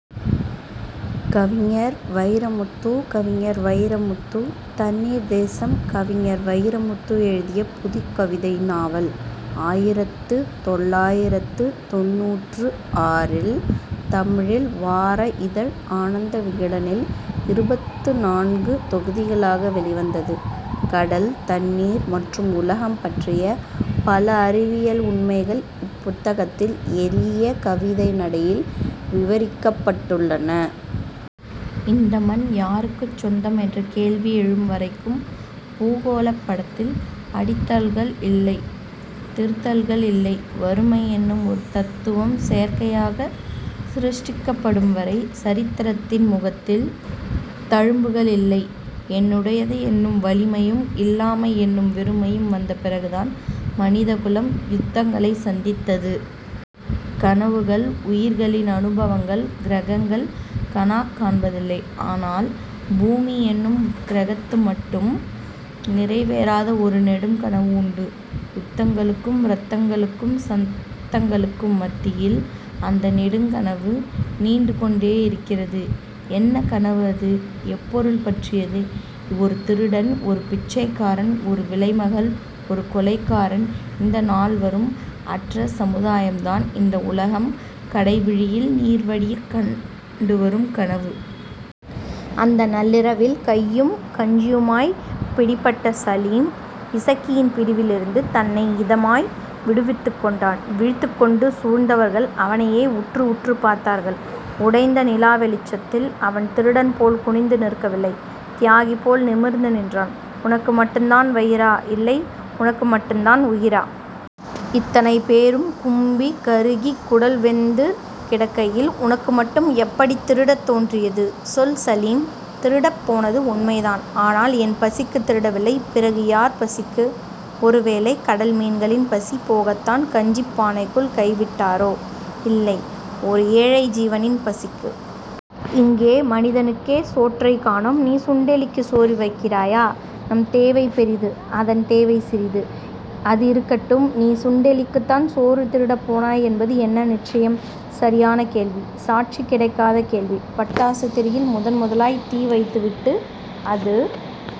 கவிஞர் வைரமுத்து கவிஞர் வைரமுத்து தண்ணீர் தேசம் கவிஞர் வைரமுத்து எழுதிய புதுக்கவிதை நாவல். ஆயிரத்து தொள்ளாயிரத்து தொண்ணூற்று ஆறில் தமிழ்ழிள் வார இதழ் ஆனந்த விகடனில் இருபத்து நான்கு தொகுதிகளாக வெளிவந்தது. கடல், தண்ணீர் மற்றும் உலகம் பற்றிய பல அறிவியல் உண்மைகள் இப்புத்தகத்தில் எளிய கவிதை நடையில் விவரிக்கப் பட்டுள்ளன. இந்த மண் யாருக்குச் சொந்தம் என்ற கேள்வி எழும்வரைக்கும் பூகோளப் படத்தில் அடித்தல்கள் இல்லை. திருத்தல்கள் இல்லை. வறுமை என்னும் ஒரு தத்துவம் செயற்கையாகச் சிருஷடிக்கப்படும்வரை சரித்திரத்தின் முகத்தில் தழும்புகள் இல்லை. என்னுடையது என்னும் வலிமையும், இல்லாமை என்னும் வெறுமையும் வந்த பிறகுதான் மனிதகுலம் யுத்தங்களைச் சந்தித்தது. கனவுகள் உயிர்களின் அனுபவங்கள். கிரகங்கள் கனாக் காண்பதில்லை. ஆனால், பூமி என்னும் கிரகத்துக்கு மட்டும் நிறைவேறாத ஒரு நெடுங்கனவு உண்டு. யுத்தங்களுக்கும் ரத்தங்களுக்கும் சத்தங்களுக்கும் மத்தியில் அந்த நெடுங்கனவு நீண்டு கொண்டேயிருக்கிறது. என்ன கனவு அது? எப்பொருள் பற்றியது? ஒரு திருடன் ஒரு பிச்சைக்காரன் ஒரு விலைமகள் ஒரு கொலைகாரன் இந்த நால்வரும் அற்ற சமுதாயம்தான் இந்த உலகம் கடைவிழியில் நீர்வடியக் கண்டுவரும் கனவு. அந்த நள்ளிரவில் கையும் கஞ்சியுமாய்ப் பிடிபட்ட சலீம், இசக்கியின் பிடியிலிருந்து தன்னை இதமாய் விடுவித்துக் கொண்டான். விழித்துக்கொண்டு சூழ்ந்தவர்கள் அவனையே உற்று உற்றுப் பார்த்தார்கள் உடைந்த நிலாவெளிச்சத்தில். அவன் திருடன்போல் குனிந்து நிற்கவில்லை. தியாகிபோல் நிமிர்ந்து நின்றான். உனக்கு மட்டுந்தான் வயிறா? இல்லை உனக்கு மட்டுந்தான் உயிரா? இத்தனை பேரும் கும்பிகருகிக் குடல் வெந்து கிடக்கையில் உனக்கு மட்டும் எப்படித் திருடத் தோன்றியது? சொல் சலீம். திருடப் போனது உண்மைதான். ஆனால், என் பசிக்குத் திருடவில்லை... பிறகு யார் பசிக்கு? ஒருவேளை கடல்மீன்களின் பசிபோக்கத்தான் கஞ்சிப் பானைக்குள் கைவிட்டாரோ? இல்லை. ஓர் ஏழை ஜீவனின் பசிக்கு. இங்கே மனிதனுக்கே சோற்றைக் காணோம். நீ சுண்டெலிக்குச் சோறு வைக்கிறாயா? நம் தேவை பெரிது. அதன் தேவை சிறிது. அது இருக்கட்டும். நீ சுண்டெலிக்குத்தான் சோறு திருடப் போனாய் என்பது என்ன நிச்சயம்? சரியான கேள்வி. சாட்சி கிடைக்காத கேள்வி. பட்டாசுத் திரியில் முதன்முதலாய்த் தீ வைத்துவிட்டு அது